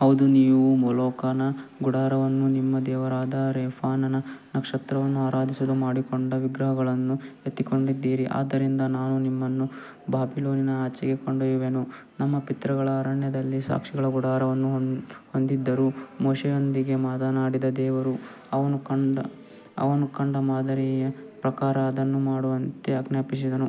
ಹೌದು, ನೀವು ಮೊಲೋಕನ ಗುಡಾರವನ್ನೂ ನಿಮ್ಮ ದೇವರಾದ ರೆಮ್ಫಾನನ ನಕ್ಷತ್ರವನ್ನೂ ಆರಾಧಿಸಲು ಮಾಡಿಕೊಂಡ ವಿಗ್ರಹಗಳನ್ನು ಎತ್ತಿಕೊಂಡಿದ್ದೀರಿ, ಆದ್ದರಿಂದ ನಾನು ನಿಮ್ಮನ್ನು ಬಾಬಿಲೋನಿನ ಆಚೆಗೆ ಕೊಂಡೊಯ್ಯುವೆನು. ನಮ್ಮ ಪಿತೃಗಳು ಅರಣ್ಯದಲ್ಲಿ ಸಾಕ್ಷಿಯ ಗುಡಾರವನ್ನು ಹೊಂದಿದ್ದರು. ಮೋಶೆಯೊಂದಿಗೆ ಮಾತನಾಡಿದ ದೇವರು, ಅವನು ಕಂಡ ಮಾದರಿಯ ಪ್ರಕಾರ ಅದನ್ನು ಮಾಡುವಂತೆ ಆಜ್ಞಾಪಿಸಿದ್ದನು.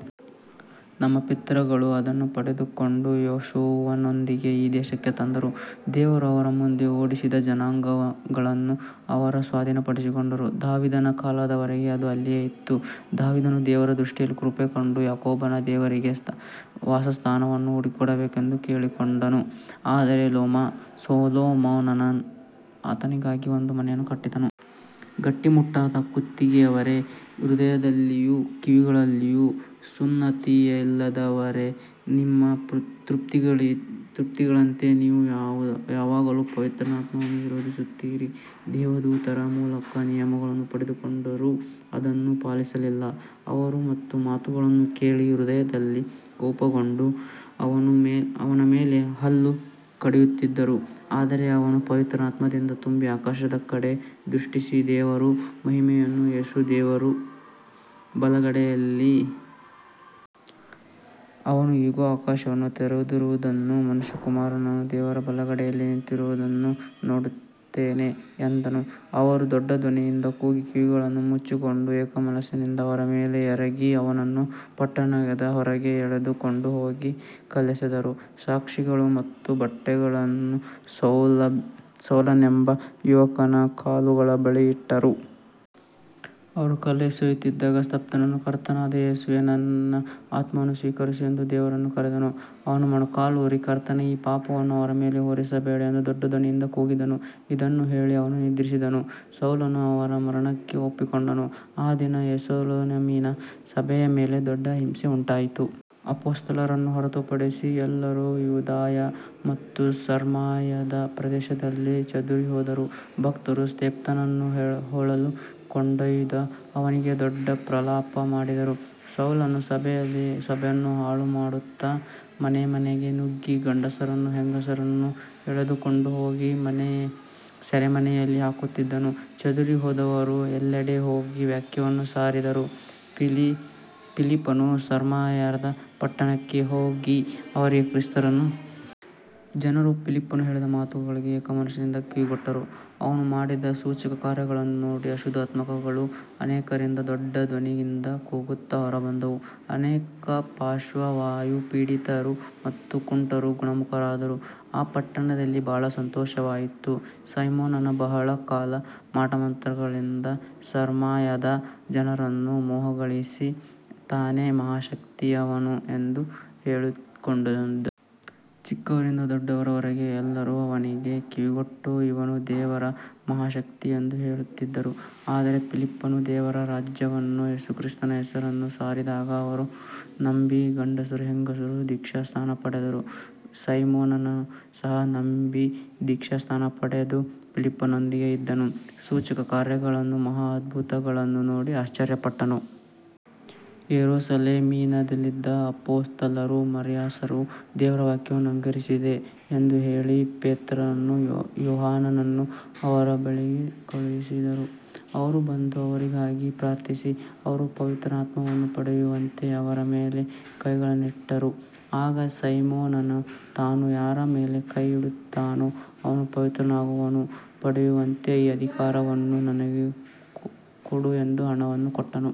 ನಮ್ಮ ಪಿತೃಗಳು ಅದನ್ನು ಪಡೆದುಕೊಂಡು ಯೆಹೋಶುವನೊಂದಿಗೆ ಈ ದೇಶಕ್ಕೆ ತಂದರು. ದೇವರು ಅವರ ಮುಂದೆ ಓಡಿಸಿದ ಜನಾಂಗಗಳನ್ನು ಅವರು ಸ್ವಾಧೀನಪಡಿಸಿಕೊಂಡರು. ದಾವೀದನ ಕಾಲದವರೆಗೆ ಅದು ಅಲ್ಲಿಯೇ ಇತ್ತು. ದಾವೀದನು ದೇವರ ದೃಷ್ಟಿಯಲ್ಲಿ ಕೃಪೆ ಕಂಡು ಯಾಕೋಬನ ದೇವರಿಗೆ ವಾಸಸ್ಥಾನವನ್ನು ಹುಡುಕಬೇಕೆಂದು ಕೇಳಿಕೊಂಡನು. ಆದರೆ ಸೊಲೊಮೋನನು ಆತನಿಗಾಗಿ ಒಂದು ಮನೆಯನ್ನು ಕಟ್ಟಿಸಿದನು. ಗಟ್ಟಿಮುಟ್ಟಾದ ಕುತ್ತಿಗೆಯವರೇ, ಹೃದಯದಲ್ಲಿಯೂ ಕಿವಿಗಳಲ್ಲಿಯೂ ಸುನ್ನತಿಯಿಲ್ಲದವರೇ, ನಿಮ್ಮ ಪಿತೃಗಳಂತೆ ನೀವು ಯಾವಾಗಲೂ ಪವಿತ್ರಾತ್ಮನನ್ನು ವಿರೋಧಿಸುತ್ತೀರಿ. ದೇವದೂತರ ಮೂಲಕ ನಿಯಮವನ್ನು ಪಡೆದುಕೊಂಡರೂ ಅದನ್ನು ಪಾಲಿಸಲಿಲ್ಲ. ಅವರು ಈ ಮಾತುಗಳನ್ನು ಕೇಳಿ ಹೃದಯದಲ್ಲಿ ಕೋಪಗೊಂಡು ಅವನ ಮೇಲೆ ಹಲ್ಲು ಕಡಿಯುತ್ತಿದ್ದರು. ಆದರೆ ಅವನು ಪವಿತ್ರಾತ್ಮದಿಂದ ತುಂಬಿ ಆಕಾಶದ ಕಡೆ ದೃಷ್ಟಿಸಿ, ದೇವರ ಮಹಿಮೆಯನ್ನೂ ಯೇಸು ದೇವರ ಬಲಗಡೆಯಲ್ಲಿ ನಿಂತಿರುವುದನ್ನೂ ಕಂಡನು. ಅವನು, ಇಗೋ, ಆಕಾಶವು ತೆರೆದಿರುವುದನ್ನೂ ಮನುಷ್ಯಕುಮಾರನು ದೇವರ ಬಲಗಡೆಯಲ್ಲಿ ನಿಂತಿರುವುದನ್ನೂ ನೋಡುತ್ತೇನೆ ಎಂದನು. ಅವರು ದೊಡ್ಡ ಧ್ವನಿಯಿಂದ ಕೂಗಿ ಕಿವಿಗಳನ್ನು ಮುಚ್ಚಿಕೊಂಡು ಏಕಮನಸ್ಸಿನಿಂದ ಅವನ ಮೇಲೆ ಎರಗಿ, ಅವನನ್ನು ಪಟ್ಟಣದ ಹೊರಗೆ ಎಳೆದುಕೊಂಡು ಹೋಗಿ ಕಲ್ಲೆಸೆದರು. ಸಾಕ್ಷಿಗಳು ತಮ್ಮ ಬಟ್ಟೆಗಳನ್ನು ಸೌಲನೆಂಬ ಯುವಕನ ಕಾಲುಗಳ ಬಳಿ ಇಟ್ಟರು. ಅವರು ಕಲ್ಲೆಸೆಯುತ್ತಿದ್ದಾಗ ಸ್ತೇಫನನು, ಕರ್ತನಾದ ಯೇಸುವೇ, ನನ್ನ ಆತ್ಮವನ್ನು ಸ್ವೀಕರಿಸು ಎಂದು ದೇವರನ್ನು ಕರೆದನು. ಅವನು ಮೊಣಕಾಲೂರಿ, ಕರ್ತನೇ, ಈ ಪಾಪವನ್ನು ಅವರ ಮೇಲೆ ಹೊರಿಸಬೇಡ ಎಂದು ದೊಡ್ಡ ಧ್ವನಿಯಿಂದ ಕೂಗಿದನು. ಇದನ್ನು ಹೇಳಿ ಅವನು ನಿದ್ರಿಸಿದನು. ಸೌಲನು ಅವನ ಮರಣಕ್ಕೆ ಒಪ್ಪಿಕೊಂಡನು. ಆ ದಿನ ಯೆರೂಸಲೇಮಿನ ಸಭೆಯ ಮೇಲೆ ದೊಡ್ಡ ಹಿಂಸೆ ಉಂಟಾಯಿತು. ಅಪೊಸ್ತಲರನ್ನು ಹೊರತುಪಡಿಸಿ ಎಲ್ಲರೂ ಯೂದಾಯ ಮತ್ತು ಸಮಾರ್ಯದ ಪ್ರದೇಶಗಳಲ್ಲಿ ಚದುರಿಹೋದರು. ಭಕ್ತರು ಸ್ತೇಫನನನ್ನು ಹೂಳಲು ಕೊಂಡೊಯ್ದು ಅವನಿಗಾಗಿ ದೊಡ್ಡ ಪ್ರಲಾಪ ಮಾಡಿದರು. ಸೌಲನು ಸಭೆಯನ್ನು ಹಾಳುಮಾಡುತ್ತಾ ಮನೆಮನೆಗೆ ನುಗ್ಗಿ ಗಂಡಸರನ್ನೂ ಹೆಂಗಸರನ್ನೂ ಎಳೆದುಕೊಂಡು ಹೋಗಿ ಸೆರೆಮನೆಯಲ್ಲಿ ಹಾಕುತ್ತಿದ್ದನು. ಚದುರಿಹೋದವರು ಎಲ್ಲೆಡೆ ಹೋಗಿ ವಾಕ್ಯವನ್ನು ಸಾರಿದರು. ಫಿಲಿಪ್ಪನು ಸಮಾರ್ಯದ ಪಟ್ಟಣಕ್ಕೆ ಹೋಗಿ ಅವರಿಗೆ ಕ್ರಿಸ್ತನನ್ನು ಸಾರಿದನು. ಜನರು ಫಿಲಿಪ್ಪನು ಹೇಳಿದ ಮಾತುಗಳಿಗೆ ಏಕಮನಸ್ಸಿನಿಂದ ಕಿವಿಗೊಟ್ಟರು. ಅವನು ಮಾಡಿದ ಸೂಚಕಕಾರ್ಯಗಳನ್ನು ನೋಡಿ, ಅಶುದ್ಧಾತ್ಮಗಳು ಅನೇಕರಿಂದ ದೊಡ್ಡ ಧ್ವನಿಯಿಂದ ಕೂಗುತ್ತಾ ಹೊರಬಂದವು, ಅನೇಕ ಪಾರ್ಶ್ವವಾಯುಪೀಡಿತರು ಮತ್ತು ಕುಂಟರು ಗುಣಮುಖರಾದರು. ಆ ಪಟ್ಟಣದಲ್ಲಿ ಬಹಳ ಸಂತೋಷವಾಯಿತು. ಸೈಮೋನನು ಬಹಳ ಕಾಲ ಮಾಟಮಂತ್ರಗಳಿಂದ ಸಮಾರ್ಯದ ಜನರನ್ನು ಮೋಹಗೊಳಿಸಿ, ತಾನೇ ಮಹಾಶಕ್ತಿಯವನು ಎಂದು ಹೇಳಿಕೊಂಡಿದ್ದನು. ಚಿಕ್ಕವರಿಂದ ದೊಡ್ಡವರವರೆಗೆ ಎಲ್ಲರೂ ಅವನಿಗೆ ಕಿವಿಗೊಟ್ಟು, ಇವನು ದೇವರ ಮಹಾಶಕ್ತಿ ಎಂದು ಹೇಳುತ್ತಿದ್ದರು. ಆದರೆ ಫಿಲಿಪ್ಪನು ದೇವರ ರಾಜ್ಯವನ್ನೂ ಯೇಸುಕ್ರಿಸ್ತನ ಹೆಸರನ್ನೂ ಸಾರಿದಾಗ ಅವರು ನಂಬಿ ಗಂಡಸರೂ ಹೆಂಗಸರೂ ದೀಕ್ಷಾಸ್ನಾನ ಪಡೆದರು. ಸೈಮೋನನು ಸಹ ನಂಬಿ ದೀಕ್ಷಾಸ್ನಾನ ಪಡೆದು ಫಿಲಿಪ್ಪನೊಂದಿಗೆ ಇದ್ದನು. ಸೂಚಕಕಾರ್ಯಗಳನ್ನೂ ಮಹಾ ಅದ್ಭುತಗಳನ್ನೂ ನೋಡಿ ಆಶ್ಚರ್ಯಪಟ್ಟನು. ಯೆರೂಸಲೇಮಿನಲ್ಲಿದ್ದ ಅಪೊಸ್ತಲರು ಸಮಾರ್ಯವು ದೇವರ ವಾಕ್ಯವನ್ನು ಅಂಗೀಕರಿಸಿದೆ ಎಂದು ಕೇಳಿ ಪೇತ್ರನನ್ನೂ ಯೋಹಾನನನ್ನೂ ಅವರ ಬಳಿಗೆ ಕಳುಹಿಸಿದರು. ಅವರು ಬಂದು ಅವರಿಗಾಗಿ ಪ್ರಾರ್ಥಿಸಿ, ಅವರು ಪವಿತ್ರಾತ್ಮವನ್ನು ಪಡೆಯುವಂತೆ ಅವರ ಮೇಲೆ ಕೈಗಳನ್ನಿಟ್ಟರು. ಆಗ ಸೈಮೋನನು, ನಾನು ಯಾರ ಮೇಲೆ ಕೈ ಇಡುತ್ತೇನೋ ಅವನು ಪವಿತ್ರಾತ್ಮವನ್ನು ಪಡೆಯುವಂತೆ ಈ ಅಧಿಕಾರವನ್ನು ನನಗೂ ಕೊಡಿ ಎಂದು ಹಣವನ್ನು ಕೊಟ್ಟನು.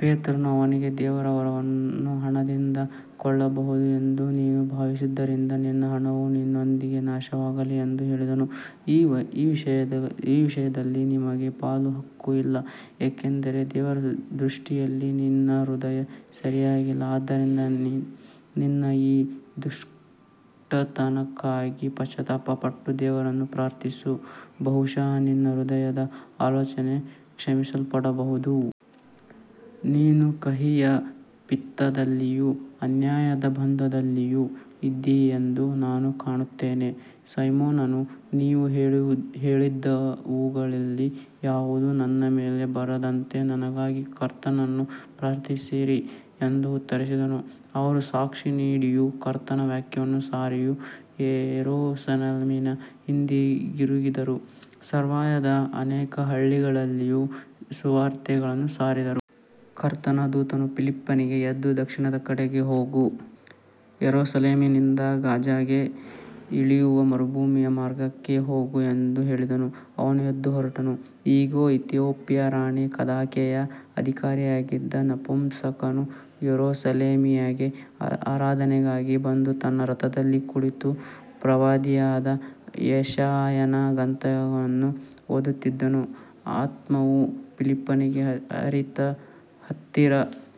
ಪೇತ್ರನು ಅವನಿಗೆ, ದೇವರ ವರವನ್ನು ಹಣದಿಂದ ಕೊಳ್ಳಬಹುದು ಎಂದು ನೀನು ಭಾವಿಸಿದ್ದರಿಂದ ನಿನ್ನ ಹಣವು ನಿನ್ನೊಂದಿಗೇ ನಾಶವಾಗಲಿ ಎಂದು ಹೇಳಿದನು. ಈ ವಿಷಯದಲ್ಲಿ ನಿನಗೆ ಪಾಲೂ ಹಕ್ಕೂ ಇಲ್ಲ, ಏಕೆಂದರೆ ದೇವರ ದೃಷ್ಟಿಯಲ್ಲಿ ನಿನ್ನ ಹೃದಯ ಸರಿಯಾಗಿಲ್ಲ. ಆದ್ದರಿಂದ ನಿನ್ನ ಈ ದುಷ್ಟತನಕ್ಕಾಗಿ ಪಶ್ಚಾತ್ತಾಪಪಟ್ಟು ದೇವರನ್ನು ಪ್ರಾರ್ಥಿಸು, ಬಹುಶಃ ನಿನ್ನ ಹೃದಯದ ಆಲೋಚನೆ ಕ್ಷಮಿಸಲ್ಪಡಬಹುದು. ನೀನು ಕಹಿಯ ಪಿತ್ತದಲ್ಲಿಯೂ ಅನ್ಯಾಯದ ಬಂಧನದಲ್ಲಿಯೂ ಇದ್ದೀಯೆಂದು ನಾನು ಕಾಣುತ್ತೇನೆ. ಸೈಮೋನನು, ನೀವು ಹೇಳಿದವುಗಳಲ್ಲಿ ಯಾವುದೂ ನನ್ನ ಮೇಲೆ ಬರದಂತೆ ನನಗಾಗಿ ಕರ್ತನನ್ನು ಪ್ರಾರ್ಥಿಸಿರಿ ಎಂದು ಉತ್ತರಿಸಿದನು. ಅವರು ಸಾಕ್ಷಿ ನೀಡಿಯೂ ಕರ್ತನ ವಾಕ್ಯವನ್ನು ಸಾರಿಯೂ ಯೆರೂಸಲೇಮಿಗೆ ಹಿಂದಿರುಗಿದರು. ಸಮಾರ್ಯದ ಅನೇಕ ಹಳ್ಳಿಗಳಲ್ಲಿಯೂ ಸುವಾರ್ತೆಯನ್ನು ಸಾರಿದರು. ಕರ್ತನ ದೂತನು ಫಿಲಿಪ್ಪನಿಗೆ, ಎದ್ದು ದಕ್ಷಿಣದ ಕಡೆಗೆ ಹೋಗು, ಯೆರೂಸಲೇಮಿನಿಂದ ಗಾಜಾಕ್ಕೆ ಇಳಿಯುವ ಮರುಭೂಮಿಯ ಮಾರ್ಗಕ್ಕೆ ಹೋಗು ಎಂದು ಹೇಳಿದನು. ಅವನು ಎದ್ದು ಹೊರಟನು. ಇಗೋ, ಇಥಿಯೋಪ್ಯದ ರಾಣಿ ಕಂದಾಕೆಯ ಅಧಿಕಾರಿಯಾಗಿದ್ದ ನಪುಂಸಕನು ಯೆರೂಸಲೇಮಿಗೆ ಆರಾಧನೆಗಾಗಿ ಬಂದು ತನ್ನ ರಥದಲ್ಲಿ ಕುಳಿತು ಪ್ರವಾದಿಯಾದ ಯೆಶಾಯನ ಗ್ರಂಥವನ್ನು ಓದುತ್ತಿದ್ದನು. ಆತ್ಮವು ಫಿಲಿಪ್ಪನಿಗೆ, ಹತ್ತಿರ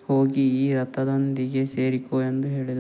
ಹೋಗಿ ಈ ರಥದೊಂದಿಗೆ ಸೇರಿಕೋ ಎಂದು ಹೇಳಿತು.